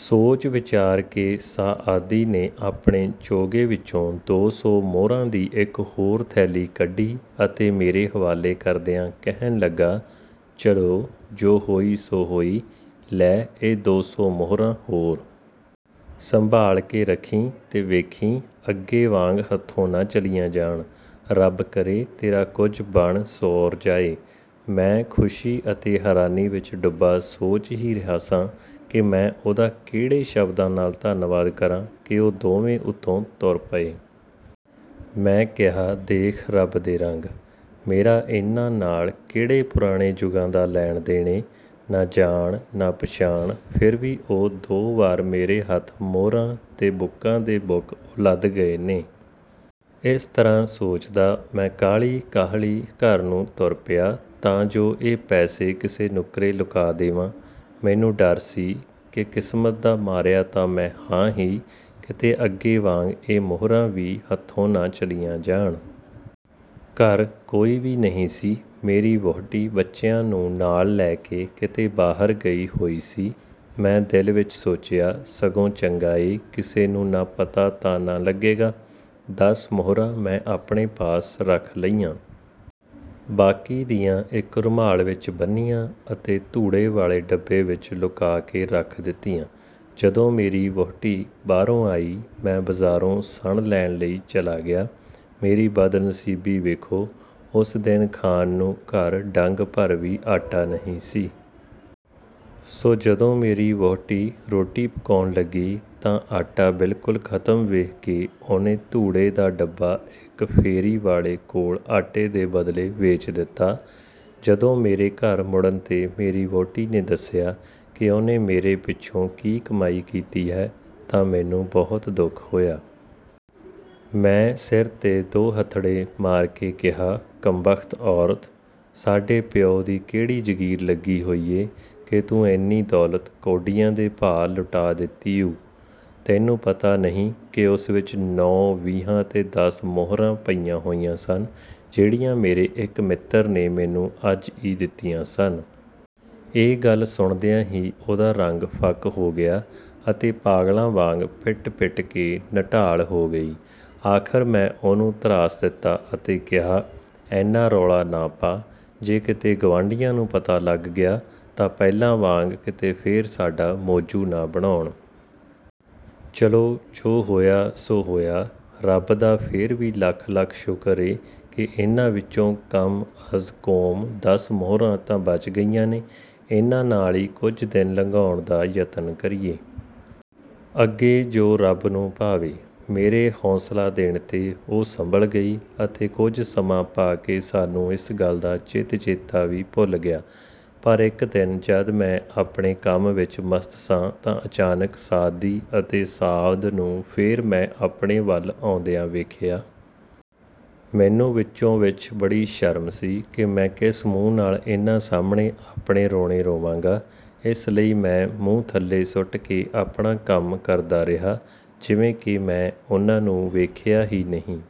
ਸੋਚ ਵਿਚਾਰ ਕੇ ਸਾਆਦੀ ਨੇ ਆਪਣੇ ਚੋਗੇ ਵਿਚੋਂ ਦੋ ਸੌ ਮੁਹਰਾਂ ਦੀ ਇਕ ਹੋਰ ਥੈਲੀ ਕੱਢੀ ਅਤੇ ਮੇਰੇ ਹਵਾਲੇ ਕਰਦਿਆਂ ਕਹਿਣ ਲੱਗਾ, "ਚਲੋ ਜੋ ਹੋਈ ਸੋ ਹੋਈ। ਲੈ ਇਹ ਦੋ ਸੌ ਮੁਹਰਾਂ ਹੋਰ। ਸੰਭਾਲ ਕੇ ਰਖੀਂ ਤੇ ਵੇਖੀਂ ਅਗੇ ਵਾਂਙ ਹੱਥੋਂ ਨਾ ਚਲੀਆਂ ਜਾਣ। ਰੱਬ ਕਰੇ ਤੇਰਾ ਕੁਝ ਬਣ ਸੌਰ ਜਾਏ! " ਮੈਂ ਖ਼ੁਸ਼ੀ ਅਤੇ ਹੈਰਾਨੀ ਵਿਚ ਡੁੱਬਾ ਸੋਚ ਹੀ ਰਿਹਾ ਸਾਂ ਕਿ ਮੈਂ ਉਹਦਾ ਕਿਹੜੇ ਸ਼ਬਦਾਂ ਨਾਲ ਧੰਨਵਾਦ ਕਰਾਂ ਕਿ ਉਹ ਦੋਵੇਂ ਉਥੋਂ ਤੁਰ ਪਏ। ਮੈਂ ਕਿਹਾ, ਦੇਖ ਰਬ ਦੇ ਰੰਗ! ਮੇਰਾ ਇਹਨਾਂ ਨਾਲ ਕਿਹੜੇ ਪੁਰਾਣੇ ਜੁਗਾਂ ਦਾ ਲੈਣ ਦੇਣ ਏ! ਨਾ ਜਾਣ, ਨਾ ਪਛਾਣ, ਫੇਰ ਵੀ ਉਹ ਦੋ ਵਾਰ ਮੇਰੇ ਹੱਥ ਮੁਹਰਾਂ ਦੇ ਬੁੱਕਾਂ ਦੇ ਬੁੱਕ ਉਲੱਦ ਗਏ ਨੇ! " ਇਸ ਤਰ੍ਹਾਂ ਸੋਚਦਾ ਮੈਂ ਕਾਹਲੀ ਕਾਹਲੀ ਘਰ ਨੂੰ ਤੁਰ ਪਿਆ ਤਾਂ ਜੋ ਇਹ ਪੈਸੇ ਕਿਸੇ ਨੁੱਕਰੇ ਲੁਕਾ ਦੇਵਾਂ। ਮੈਨੂੰ ਡਰ ਸੀ ਕਿ ਕਿਸਮਤ ਦਾ ਮਾਰਿਆ ਤਾਂ ਮੈਂ ਹਾਂ ਹੀ, ਕਿਤੇ ਅੱਗੇ ਵਾਂਙ ਇਹ ਮੁਹਰਾਂ ਵੀ ਹੱਥੋਂ ਨ ਚਲੀਆਂ ਜਾਣ। ਘਰ ਕੋਈ ਵੀ ਨਹੀਂ ਸੀ। ਮੇਰੀ ਵਹੁਟੀ ਬੱਚਿਆਂ ਨੂੰ ਨਾਲ ਲੈ ਕੇ ਕਿਤੇ ਬਾਹਰ ਗਈ ਹੋਈ ਸੀ। ਮੈਂ ਦਿਲ ਵਿਚ ਸੋਚਿਆ, ਸਗੋਂ ਚੰਗਾ ਏ ਕਿਸੇ ਨੂੰ ਨਾ ਪਤਾ ਤਾਂ ਨ ਲਗੇਗਾ! ਦਸ ਮੁਹਰਾਂ ਮੈਂ ਆਪਣੇ ਪਾਸ ਰਖ ਲਈਆਂ। ਬਾਕੀ ਦੀਆਂ ਇਕ ਰੁਮਾਲ ਵਿਚ ਬੰਨ੍ਹੀਆਂ ਅਤੇ ਧੂੜੇ ਵਾਲੇ ਡੱਬੇ ਵਿਚ ਲੁਕਾ ਕੇ ਰੱਖ ਦਿੱਤੀਆਂ। ਜਦੋਂ ਮੇਰੀ ਵਹੁਟੀ ਬਾਹਰੋਂ ਆਈ, ਮੈਂ ਬਜ਼ਾਰੋਂ ਸਣ ਲੈਣ ਲਈ ਚਲਾ ਗਿਆ। ਮੇਰੀ ਬਦਨਸੀਬੀ ਵੇਖੋ! ਉਸ ਦਿਨ ਖਾਣ ਨੂੰ ਘਰ ਡੰਗ ਭਰ ਵੀ ਆਟਾ ਨਹੀਂ ਸੀ। ਸੋ ਜਦੋਂ ਮੇਰੀ ਵਹੁਟੀ ਰੋਟੀ ਪਕਾਉਣ ਲੱਗੀ ਤਾਂ ਆਟਾ ਬਿਲਕੁਲ ਖ਼ਤਮ ਵੇਖ ਕੇ ਉਹਨੇ ਧੂੜੇ ਦਾ ਡੱਬਾ ਇਕ ਫੇਰੀ ਵਾਲੇ ਕੋਲ ਆਟੇ ਦੇ ਬਦਲੇ ਵੇਚ ਦਿੱਤਾ। ਜਦੋਂ ਮੇਰੇ ਘਰ ਮੁੜਨ ਤੇ ਮੇਰੀ ਵਹੁਟੀ ਨੇ ਦਸਿਆ ਕਿ ਉਹਨੇ ਮੇਰੇ ਪਿਛੋਂ ਕੀ ਕਮਾਈ ਕੀਤੀ ਹੈ ਤਾਂ ਮੈਨੂੰ ਬਹੁਤ ਦੁਖ ਹੋਇਆ। ਮੈਂ ਸਿਰ ਤੇ ਦੋਹੱਥੜੇ ਮਾਰ ਕੇ ਕਿਹਾ, "ਕਮਬਖ਼ਤ ਔਰਤ! ਸਾਡੇ ਪਿਉ ਦੀ ਕਿਹੜੀ ਜਗੀਰ ਲੱਗੀ ਹੋਈ ਏ ਕਿ ਤੂੰ ਐਨੀ ਦੌਲਤ ਕੌਡੀਆਂ ਦੇ ਭਾਅ ਲੁਟਾ ਦਿੱਤੀ ਊ। ਤੈਨੂੰ ਪਤਾ ਨਹੀਂ ਕਿ ਉਸ ਵਿਚ ਨੌ ਵੀਹਾਂ ਤੇ ਦਸ ਮੁਹਰਾਂ ਪਈਆਂ ਹੋਈਆਂ ਸਨ ਜਿਹੜੀਆਂ ਮੇਰੇ ਇਕ ਮਿੱਤਰ ਨੇ ਮੈਨੂੰ ਅੱਜ ਈ ਦਿੱਤੀਆਂ ਸਨ! " ਇਹ ਗੱਲ ਸੁਣਦਿਆਂ ਹੀ ਉਹਦਾ ਰੰਗ ਫੱਕ ਹੋ ਗਿਆ ਅਤੇ ਪਾਗਲਾਂ ਵਾਂਙ ਪਿਟ ਪਿਟ ਕੇ ਨਢਾਲ ਹੋ ਗਈ। ਆਖ਼ਰ ਮੈਂ ਉਹਨੂੰ ਧਰਾਸ ਦਿਤਾ ਅਤੇ ਕਿਹਾ, "ਐਨਾ ਰੌਲਾ ਨਾ ਪਾ। ਜੇ ਕਿਤੇ ਗਵਾਂਢੀਆਂ ਨੂੰ ਪਤਾ ਲੱਗ ਗਿਆ ਤਾਂ ਪਹਿਲਾਂ ਵਾਂਙ ਕਿਤੇ ਫੇਰ ਸਾਡਾ ਮੌਜੂ ਨ ਬਣਾਉਣ। ਚਲੋ ਜੋ ਹੋਇਆ ਸੋ ਹੋਇਆ! ਰੱਬ ਦਾ ਫੇਰ ਵੀ ਲੱਖ ਲੱਖ ਸ਼ੁਕਰ ਏ ਕਿ ਇਹਨਾਂ ਵਿੱਚੋਂ ਕਮ ਅਜ਼ ਕੋਮ ਦਸ ਮੁਹਰਾਂ ਤਾਂ ਬਚ ਗਈਆਂ ਨੇ। ਇਹਨਾਂ ਨਾਲ ਈ ਕੁਝ ਦਿਨ ਲੰਘਾਉਣ ਦਾ ਯਤਨ ਕਰੀਏ। ਅਗੇ ਜੋ ਰੱਬ ਨੂੰ ਭਾਵੇ! " ਮੇਰੇ ਹੌਸਲਾ ਦੇਣ ਤੇ ਉਹ ਸੰਭਲ ਗਈ ਅਤੇ ਕੁਝ ਸਮਾਂ ਪਾ ਕੇ ਸਾਨੂੰ ਇਸ ਗਲ ਦਾ ਚਿਤ ਚੇਤਾ ਵੀ ਭੁਲ ਗਿਆ। ਪਰ ਇਕ ਦਿਨ ਜਦ ਮੈਂ ਆਪਣੇ ਕੰਮ ਵਿਚ ਮਸਤ ਸਾਂ ਤਾਂ ਅਚਾਨਕ ਸਾਅਦੀ ਅਤੇ ਸਾਅਦ ਨੂੰ ਫੇਰ ਮੈਂ ਆਪਣੇ ਵਲ ਆਉਂਦਿਆਂ ਵੇਖਿਆ। ਮੈਨੂੰ ਵਿੱਚੋ ਵਿਚ ਬੜੀ ਸ਼ਰਮ ਸੀ ਕਿ ਮੈਂ ਕਿਸ ਮੂੰਹ ਨਾਲ ਇਹਨਾਂ ਸਾਹਮਣੇ ਆਪਣੇ ਰੋਣੇ ਰੋਵਾਂਗਾ। ਇਸ ਲਈ ਮੈਂ ਮੂੰਹ ਥੱਲੇ ਸੁੱਟ ਕੇ ਆਪਣਾ ਕੰਮ ਕਰਦਾ ਰਿਹਾ ਜਿਵੇਂ ਕਿ ਮੈਂ ਉਹਨਾਂ ਨੂੰ ਵੇਖਿਆ ਹੀ ਨਹੀਂ।